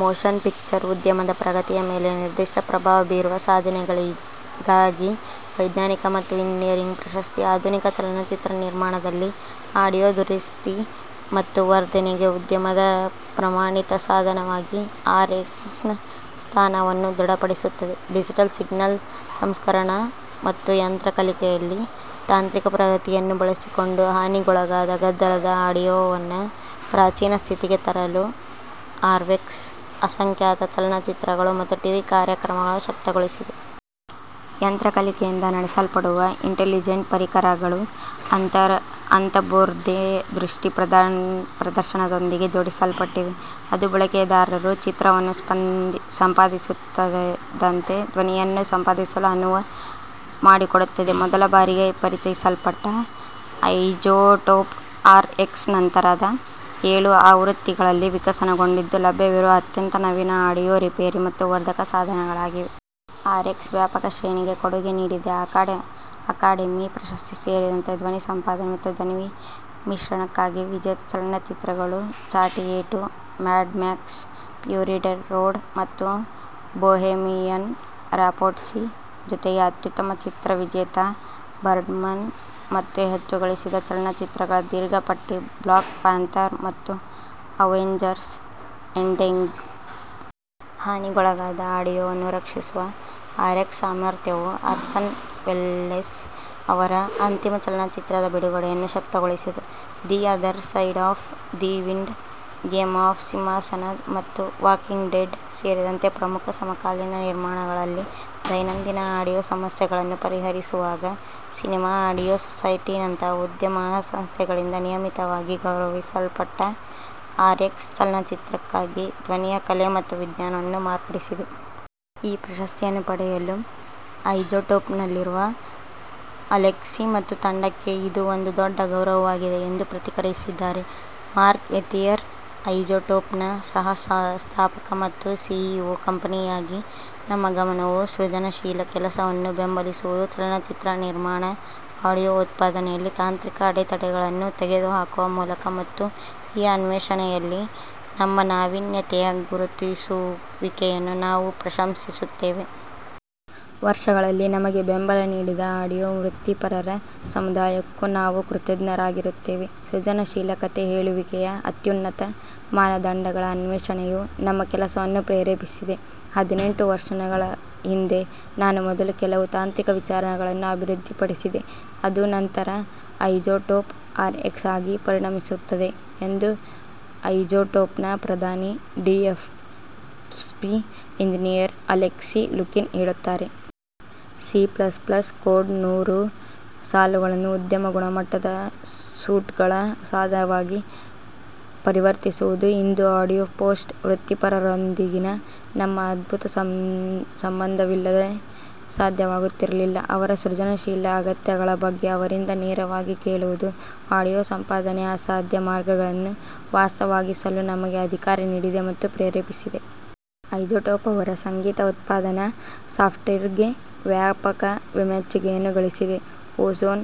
Motion picture ಉದ್ಯಮದ ಪ್ರಗತಿಯ ಮೇಲೆ ನಿರ್ದಿಷ್ಟ ಪ್ರಭಾವ ಬೀರುವ ಸಾಧನೆಗಳಿಗಾಗಿ, ವೈಜ್ಞಾನಿಕ ಮತ್ತು ಎಂಜಿನಿಯರಿಂಗ್ ಪ್ರಶಸ್ತಿ ಆಧುನಿಕ ಚಲನಚಿತ್ರ ನಿರ್ಮಾಣದಲ್ಲಿ ಆಡಿಯೊ ದುರಸ್ತಿ ಮತ್ತು ವರ್ಧನೆಗೆ ಉದ್ಯಮದ ಪ್ರಮಾಣಿತ ಸಾಧನವಾಗಿ ಆರ್ ಎಕ್ಸ್ನ ಸ್ಥಾನಮಾನವನ್ನು ದೃಢ ಪಡಿಸುತ್ತದೆ. ಡಿಜಿಟಲ್ ಸಿಗ್ನಲ್ ಸಂಸ್ಕರಣೆ ಮತ್ತು ಯಂತ್ರ ಕಲಿಕೆಯಲ್ಲಿ ತಾಂತ್ರಿಕ ಪ್ರಗತಿಯನ್ನು ಬಳಸಿಕೊಂಡು, ಹಾನಿಗೊಳಗಾದ, ಗದ್ದಲದ ಆಡಿಯೊವನ್ನು ಪ್ರಾಚೀನ ಸ್ಥಿತಿಗೆ ತರಲು ಆರ್ಎಕ್ಸ್ ಅಸಂಖ್ಯಾತ ಚಲನಚಿತ್ರಗಳು ಮತ್ತು ಟಿವಿ ಕಾರ್ಯಕ್ರಮಗಳನ್ನು ಶಕ್ತಗೊಳಿಸಿದೆ. ಯಂತ್ರ ಕಲಿಕೆಯಿಂದ ನಡೆಸಲ್ಪಡುವ ಇಂಟೆಲಿಜೆಂಟ್ ಪರಿಕರಗಳು ಅಂತರ್ಬೋಧೆಯ ದೃಶ್ಯ ಪ್ರದರ್ಶನದೊಂದಿಗೆ ಜೋಡಿಸಲ್ಪಟ್ಟಿವೆ, ಅದು ಬಳಕೆದಾರರು ಚಿತ್ರವನ್ನು ಸಂಪಾದಿಸುತ್ತಿದ್ದಂತೆ ಧ್ವನಿಯನ್ನು ಸಂಪಾದಿಸಲು ಅನುವು ಮಾಡಿಕೊಡುತ್ತದೆ. ಮೊದಲ ಬಾರಿಗೆ ಪರಿಚಯಿಸಲ್ಪಟ್ಟ ಐಜೋಟೋಪ್ ಆರ್ ಎಕ್ಸ್ ನಂತರದ ಏಳು ಆವೃತ್ತಿಗಳಲ್ಲಿ ವಿಕಸನಗೊಂಡಿದ್ದು, ಲಭ್ಯವಿರುವ ಅತ್ಯಂತ ನವೀನ ಆಡಿಯೊ ರಿಪೇರಿ ಮತ್ತು ವರ್ಧಕ ಸಾಧನಗಳಾಗಿವೆ. ಆರ್ ಎಕ್ಸ್ ವ್ಯಾಪಕ ಶ್ರೇಣಿಗೆ ಕೊಡುಗೆ ನೀಡಿದೆ ಅಕಾಡಮಿ ಪ್ರಶಸ್ತಿಸೇರಿದಂತೆ ಧ್ವನಿ ಸಂಪಾದನೆ ಮತ್ತು ಧ್ವನಿ ಮಿಶ್ರಣಕ್ಕಾಗಿ ವಿಜೇತ ಚಲನಚಿತ್ರಗಳು ಚಾಟಿಯೇಟು, ಮ್ಯಾಡ್ ಮ್ಯಾಕ್ಸ್: ಫ್ಯೂರಿ ರೋಡ್, ಮತ್ತು ಬೊಹೆಮಿಯನ್ ರಾಪ್ಸೋಡಿ, ಜೊತೆಗೆ ಅತ್ಯುತ್ತಮ ಚಿತ್ರ ವಿಜೇತ ಬರ್ಡ್ಮನ್ ಮತ್ತು ಹೆಚ್ಚು ಗಳಿಸಿದ ಚಲನಚಿತ್ರಗಳ ದೀರ್ಘ ಪಟ್ಟಿ ಬ್ಲಾಕ್ ಪ್ಯಾಂಥರ್ ಮತ್ತು ಅವೆಂಜರ್ಸ್: ಎಂಡ್ಗೇಮ್. ಹಾನಿಗೊಳಗಾದ ಆಡಿಯೊವನ್ನು ರಕ್ಷಿಸುವ ಆರ್ಎಕ್ಸ್ ಸಾಮರ್ಥ್ಯವು ಆರ್ಸನ್ ವೆಲ್ಲೆಸ್ ಅವರ ಅಂತಿಮ ಚಲನಚಿತ್ರದ ಬಿಡುಗಡೆಯನ್ನು ಶಕ್ತಗೊಳಿಸಿತು The Other Side of the Wind "Game of ಸಿಂಹಾಸನ" ಮತ್ತು "ವಾಕಿಂಗ್ ಡೆಡ್" ಸೇರಿದಂತೆ ಪ್ರಮುಖ ಸಮಕಾಲೀನ ನಿರ್ಮಾಣಗಳಲ್ಲಿ ದೈನಂದಿನ ಆಡಿಯೊ ಸಮಸ್ಯೆಗಳನ್ನು ಪರಿಹರಿಸುವಾಗ. ಸಿನೆಮಾ ಆಡಿಯೊ ಸೊಸೈಟಿ ನಂತಹ ಉದ್ಯಮ ಸಂಸ್ಥೆಗಳಿಂದ ನಿಯಮಿತವಾಗಿ ಗೌರವಿಸಲ್ಪಟ್ಟ ಆರ್ಎಕ್ಸ್ ಚಲನಚಿತ್ರಕ್ಕಾಗಿ ಧ್ವನಿಯ ಕಲೆ ಮತ್ತು ವಿಜ್ಞಾನವನ್ನು ಮಾರ್ಪಡಿಸಿದೆ. "ಈ ಪ್ರಶಸ್ತಿಯನ್ನು ಪಡೆಯಲು ಐಜೋಟೋಪ್ನಲ್ಲಿರುವ ಅಲೆಕ್ಸಿ ಮತ್ತು ತಂಡಕ್ಕೆ ಇದು ಒಂದು ದೊಡ್ಡ ಗೌರವವಾಗಿದೆ" ಎಂದು ಪ್ರತಿಕ್ರಿಯಿಸಿದ್ದಾರೆ ಮಾರ್ಕ್ ಎಥಿಯರ್, ಐಜೋಟೋಪ್ನ ಸಹ-ಸ್ಥಾಪಕ ಮತ್ತು ಸಿಇಒ. "ಕಂಪನಿಯಾಗಿ ನಮ್ಮ ಗಮನವು ಸೃಜನಶೀಲ ಕೆಲಸವನ್ನು ಬೆಂಬಲಿಸುವುದು ಚಲನಚಿತ್ರ ನಿರ್ಮಾಣ ಆಡಿಯೊ ಉತ್ಪಾದನೆಯಲ್ಲಿ ತಾಂತ್ರಿಕ ಅಡೆತಡೆಗಳನ್ನು ತೆಗೆದುಹಾಕುವ ಮೂಲಕ, ಮತ್ತು ಈ ಅನ್ವೇಷಣೆಯಲ್ಲಿ ನಮ್ಮ ನಾವೀನ್ಯತೆಯ ಗುರುತಿಸುವಿಕೆಯನ್ನು ನಾವು ಪ್ರಶಂಸಿಸುತ್ತೇವೆ. ವರ್ಷಗಳಲ್ಲಿ ನಮಗೆ ಬೆಂಬಲ ನೀಡಿದ ಆಡಿಯೊ ವೃತ್ತಿಪರರ ಸಮುದಾಯಕ್ಕೂ ನಾವು ಕೃತಜ್ಞರಾಗಿರುತ್ತೇವೆ. ಸೃಜನಶೀಲ ಕಥೆ ಹೇಳುವಿಕೆಯ ಅತ್ಯುನ್ನತ ಮಾನದಂಡಗಳ ಅನ್ವೇಷಣೆಯು ನಮ್ಮ ಕೆಲಸವನ್ನು ಪ್ರೇರೇಪಿಸಿದೆ. " ಹದಿನೆಂಟು ವರ್ಷಗಳ ಹಿಂದೆ ನಾನು ಮೊದಲು ಕೆಲವು ತಾಂತ್ರಿಕ ವಿಚಾರಗಳನ್ನು ಅಭಿವೃದ್ಧಿಪಡಿಸಿದೆ, ಅದು ನಂತರ ಐಜೋಟೋಪ್ ಆರ್ ಎಕ್ಸ್ ಆಗಿ ಪರಿಣಮಿಸುತ್ತದೆ" ಎಂದು ಐಜೋಟೋಪ್ನ ಪ್ರಧಾನ ಡಿಎಸ್ಪಿ ಎಂಜಿನಿಯರ್ ಅಲೆಕ್ಸಿ ಲುಕಿನ್ ಹೇಳುತ್ತಾರೆ. "ಸಿ ಪ್ಲಸ್ ಪ್ಲಸ್ ಕೋಡ್ನ ನೂರು ಸಾಲುಗಳನ್ನು ಉದ್ಯಮ-ಗುಣಮಟ್ಟದ ಸೂಟ್ಗಳ ಸಾಧನವಾಗಿ ಪರಿವರ್ತಿಸುವುದು ಇಂದು ಆಡಿಯೊ ಪೋಸ್ಟ್ ವೃತ್ತಿಪರರೊಂದಿಗಿನ ನಮ್ಮ ಅದ್ಭುತ ಸಂಬಂಧವಿಲ್ಲದೆ ಸಾಧ್ಯವಾಗುತ್ತಿರಲಿಲ್ಲ. ಅವರ ಸೃಜನಶೀಲ ಅಗತ್ಯಗಳ ಬಗ್ಗೆ ಅವರಿಂದ ನೇರವಾಗಿ ಕೇಳುವುದು ಆಡಿಯೊ ಸಂಪಾದನೆಯ ಅಸಾಧ್ಯ ಮಾರ್ಗಗಳನ್ನು ವಾಸ್ತವವಾಗಿಸಲು ನಮಗೆ ಅಧಿಕಾರ ನೀಡಿದೆ ಮತ್ತು ಪ್ರೇರೇಪಿಸಿದೆ. " ಐಜೋಟೋಪ್ ಅವರ ಸಂಗೀತ ಉತ್ಪಾದನಾ ಸಾಫ್ಟ್ವೇರ್ಗೆ ವ್ಯಾಪಕ ಮೆಚ್ಚುಗೆಯನ್ನು ಗಳಿಸಿದೆ ಓಝೋನ್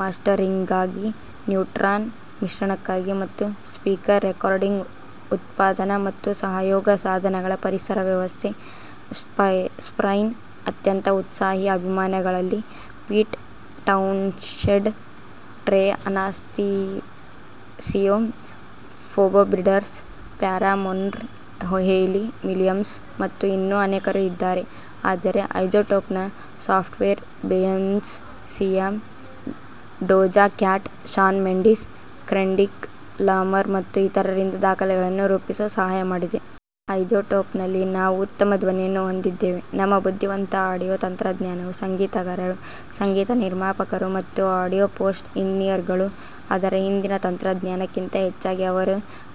ಮಾಸ್ಟರಿಂಗ್ಗಾಗಿ, ನ್ಯೂಟ್ರಾನ್ ಮಿಶ್ರಣಕ್ಕಾಗಿ, ಮತ್ತು ಸ್ಪಿರ್ ರೆಕಾರ್ಡಿಂಗ್, ಉತ್ಪಾದನೆ ಮತ್ತು ಸಹಯೋಗ ಸಾಧನಗಳ ಪರಿಸರ ವ್ಯವಸ್ಥೆ. ಸ್ಪೈರ್ನ ಅತ್ಯಂತ ಉತ್ಸಾಹಿ ಅಭಿಮಾನಿಗಳಲ್ಲಿ Pete Townshend, Trey Anastasio, Phoebe Bridgers, ಪ್ಯಾರಾಮೋರ್ನ ಹೇಯ್ಲಿ ವಿಲಿಯಮ್ಸ್ ಮತ್ತು ಇನ್ನೂ ಅನೇಕರು ಇದ್ದಾರೆ, ಆದರೆ ಐಜೋಟೋಪ್ನ software Beyonce, Sia, Doja Cat, Shawn Mendes, Kendrick Lamar ಮತ್ತು ಇತರರಿಂದ ದಾಖಲೆಗಳನ್ನು ರೂಪಿಸಲು ಸಹಾಯ ಮಾಡಿದೆ. ಐಜೋಟೋಪ್ನಲ್ಲಿ, ನಾವು ಉತ್ತಮ ಧ್ವನಿಯನ್ನು ಹೊಂದಿದ್ದೇವೆ. ನಮ್ಮ ಬುದ್ಧಿವಂತ ಆಡಿಯೊ ತಂತ್ರಜ್ಞಾನವು ಸಂಗೀತಗಾರರು, ಸಂಗೀತ ನಿರ್ಮಾಪಕರು ಮತ್ತು ಆಡಿಯೊ ಪೋಸ್ಟ್ ಎಂಜಿನಿಯರ್ಗಳು ಅದರ ಹಿಂದಿನ ತಂತ್ರಜ್ಞಾನಕ್ಕಿಂತ ಹೆಚ್ಚಾಗಿ ಅವರ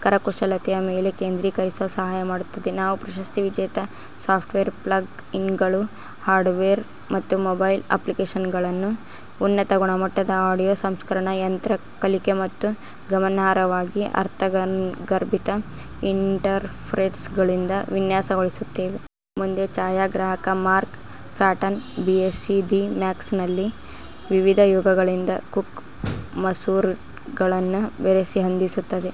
ಕರಕುಶಲತೆಯ ಮೇಲೆ ಕೇಂದ್ರೀಕರಿಸಲು ಸಹಾಯ ಮಾಡುತ್ತದೆ. ನಾವು ಪ್ರಶಸ್ತಿ ವಿಜೇತ ಸಾಫ್ಟ್ವೇರ್, ಪ್ಲಗ್-ಇನ್ಗಳು, ಹಾರ್ಡ್ವೇರ್ ಮತ್ತು ಮೊಬೈಲ್ ಅಪ್ಲಿಕೇಶನ್ಗಳನ್ನು ಉನ್ನತ ಗುಣಮಟ್ಟದ ಆಡಿಯೊ ಸಂಸ್ಕರಣೆ, ಯಂತ್ರ ಕಲಿಕೆ ಮತ್ತು ಗಮನಾರ್ಹವಾಗಿ ಅರ್ಥಗರ್ಭಿತ ಇಂಟರ್ಫೇಸ್ಗಳಿಂದ ವಿನ್ಯಾಸಗೊಳಿಸುತ್ತೇವೆ. ಮುಂದೆ: ಛಾಯಾಗ್ರಾಹಕ ಮಾರ್ಕ್ ಪ್ಯಾಟನ್ ಬಿಎಸ್ಸಿ ದಿ ಮಾರ್ಕ್ಸ್ಮನ್ನಲ್ಲಿ ವಿವಿಧ ಯುಗಗಳಿಂದ ಕುಕ್ ಮಸೂರಗಳನ್ನು ಬೆರೆಸಿ ಹೊಂದಿಸುತ್ತದೆ.